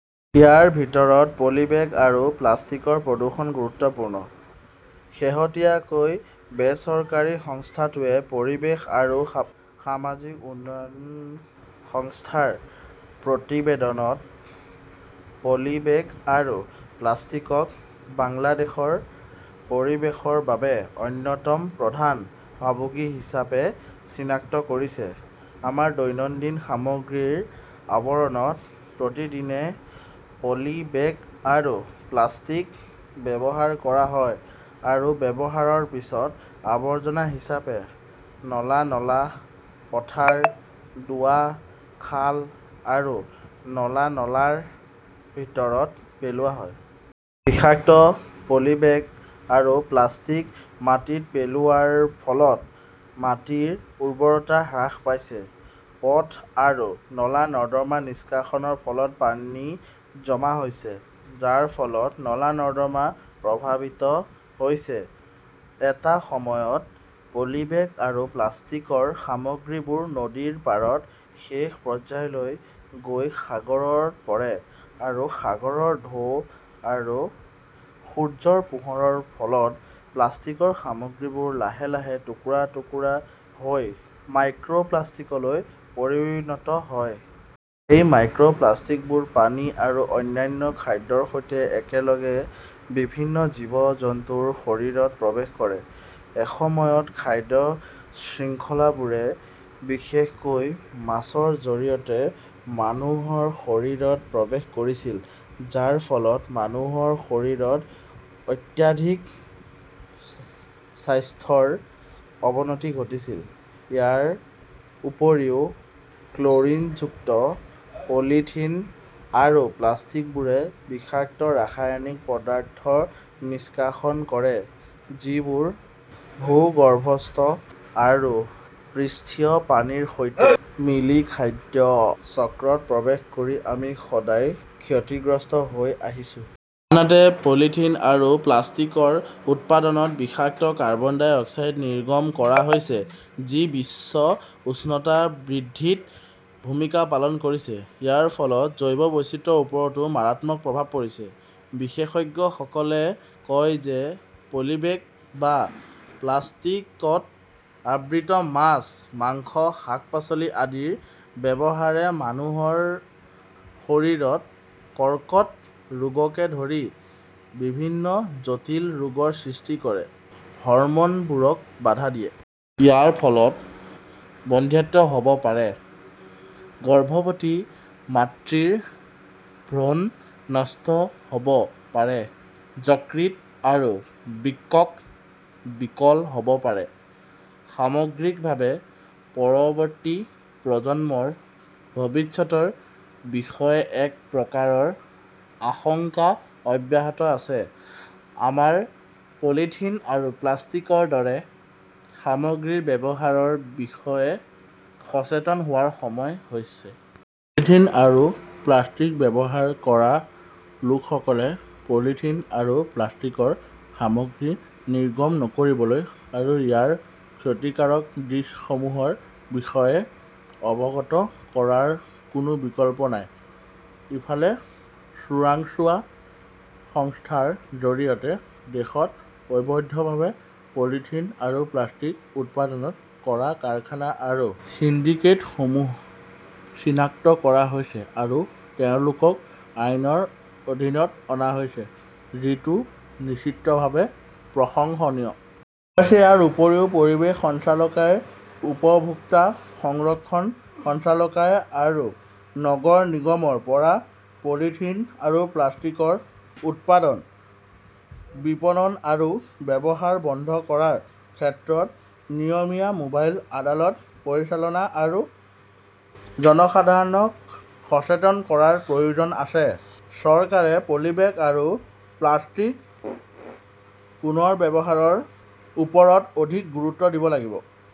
ইয়াৰ ভিতৰত পলিবেগ আৰু প্লাষ্টিকৰ প্ৰদূষণ গুৰুত্বপূৰ্ণ। শেহতীয়াকৈ বেচৰকাৰী সংস্থাটোৱে পৰিৱেশ আৰু সা'সামাজিক উন্নয়ন সংস্থাৰ প্ৰতিবেদনত পলিবেগ আৰু প্লাষ্টিকক বাংলাদেশৰ পৰিৱেশৰ বাবে অন্যতম প্ৰধান ভাবুকি হিচাপে চিনাক্ত কৰিছে। আমাৰ দৈনন্দিন সামগ্ৰীৰ আৱৰণত প্ৰতিদিনে পলি বেগ আৰু প্লাষ্টিক ব্যৱহাৰ কৰা হয় আৰু ব্যৱহাৰৰ পিছত আৱৰ্জনা হিচাপে নলা-নলা, পথাৰ, ডুৱা, খাল আৰু নলা-নলাৰ ভিতৰত পেলোৱা হয়। বিষাক্ত পলিবেগ আৰু প্লাষ্টিক মাটিত পেলোৱাৰ ফলত মাটিৰ উৰ্বৰতা হ্ৰাস পাইছে। পথ আৰু নলা-নৰ্দমা নিষ্কাশনৰ ফলত পানী জমা হৈছে, যাৰ ফলত নলা-নৰ্দমা প্ৰভাৱিত হৈছে। এটা সময়ত পলিবেগ আৰু প্লাষ্টিকৰ সামগ্ৰীবোৰ নদীৰ পাৰত শেষ পৰ্যায়লৈ গৈ সাগৰত পৰে আৰু সাগৰৰ ঢৌ আৰু সূৰ্যৰ পোহৰৰ প্ৰভাৱত প্লাষ্টিকৰ সামগ্ৰীবোৰ লাহে লাহে টুকুৰা-টুকুৰা হৈ মাইক্ৰ'প্লাষ্টিকলৈ পৰিণত হয়। এই মাইক্ৰ' প্লাষ্টিকবোৰ পানী আৰু অন্যান্য খাদ্যৰ সৈতে একেলগে বিভিন্ন জীৱ-জন্তুৰ শৰীৰত প্ৰৱেশ কৰে। এসময়ত খাদ্য শৃংখলাবোৰে বিশেষকৈ মাছৰ জৰিয়তে মানুহৰ শৰীৰত প্ৰৱেশ কৰিছিল, যাৰ ফলত মানুহৰ শৰীৰত অত্যাধিক স্বাস্থ্যৰ অৱনতি ঘটিছিল। ইয়াৰ উপৰিও, ক্ল'ৰিনযুক্ত পলিথিন আৰু প্লাষ্টিকবোৰে বিষাক্ত ৰাসায়নিক পদাৰ্থ নিষ্কাশন কৰে, যিবোৰ ভূগৰ্ভস্থ আৰু পৃষ্ঠীয় পানীৰ সৈতে মিলি খাদ্য চক্ৰত প্ৰৱেশ কৰি আমি সদায় ক্ষতিগ্ৰস্ত হৈ আহিছো। আনহাতে পলিথিন আৰু প্লাষ্টিকৰ উৎপাদনত বিষাক্ত কাৰ্বন ডাই অক্সাইড নিৰ্গমন কৰা হৈছে, যি বিশ্ব উষ্ণতা বৃদ্ধিত ভূমিকা পালন কৰিছে। ইয়াৰ ফলত জৈৱ বৈচিত্ৰ্যৰ ওপৰতো মাৰাত্মক প্ৰভাৱ পৰিছে। বিশেষজ্ঞসকলে কয় যে পলিবেগ বা প্লাষ্টিকত আবৃত মাছ, মাংস, শাক-পাচলি আদিৰ ব্যৱহাৰে মানুহৰ শৰীৰত কৰ্কট ৰোগকে ধৰি বিভিন্ন জটিল ৰোগৰ সৃষ্টি কৰে, হৰম'নবোৰক বাধা দিয়ে। ইয়াৰ ফলত বন্ধ্যাত্ব হ'ব পাৰে, গৰ্ভৱতী মাতৃৰ ভ্ৰূণ নষ্ট হ'ব পাৰে, যকৃত আৰু বৃক্কক বিকল হ'ব পাৰে। সামগ্ৰিকভাৱে, পৰৱৰ্তী প্ৰজন্মৰ ভৱিষ্যতৰ বিষয়ে এক প্ৰকাৰৰ আশংকা অব্যাহত আছে। আমাৰ পলিথিন আৰু প্লাষ্টিকৰ দৰে সামগ্ৰীৰ ব্যৱহাৰৰ বিষয়ে সচেতন হোৱাৰ সময় হৈছে। পলিথিন আৰু প্লাষ্টিক ব্যৱহাৰ কৰা লোকসকলে পলিথিন আৰু প্লাষ্টিকৰ সামগ্ৰী নিৰ্গমন নকৰিবলৈ আৰু ইয়াৰ ক্ষতিকাৰক দিশসমূহৰ বিষয়ে অৱগত কৰাৰ কোনো বিকল্প নাই। ইফালে, চোৰাংচোৱা সংস্থাৰ জৰিয়তে দেশত অবৈধভাৱে পলিথিন আৰু প্লাষ্টিক উৎপাদন কৰা কাৰখানা আৰু সিন্ডিকেটসমূহ চিনাক্ত কৰা হৈছে আৰু তেওঁলোকক আইনৰ অধীনত অনা হৈছে, যিটো নিশ্চিতভাৱে প্ৰশংসনীয়। অৱশ্যে ইয়াৰ উপৰিও পৰিৱেশ সঞ্চালকায়, উপভোক্তা সংৰক্ষণ সঞ্চালকালয় আৰু নগৰ নিগমৰ পৰা পলিথিন আৰু প্লাষ্টিকৰ উৎপাদন, বিপণন আৰু ব্যৱহাৰ বন্ধ কৰাৰ ক্ষেত্ৰত নিয়মীয়া মোবাইল আদালত পৰিচালনা আৰু জনসাধাৰণক সচেতন কৰাৰ প্ৰয়োজন আছে। চৰকাৰে পলিবেগ আৰু প্লাষ্টিক পুনৰ্ব্যৱহাৰৰ ওপৰত অধিক গুৰুত্ব দিব লাগিব।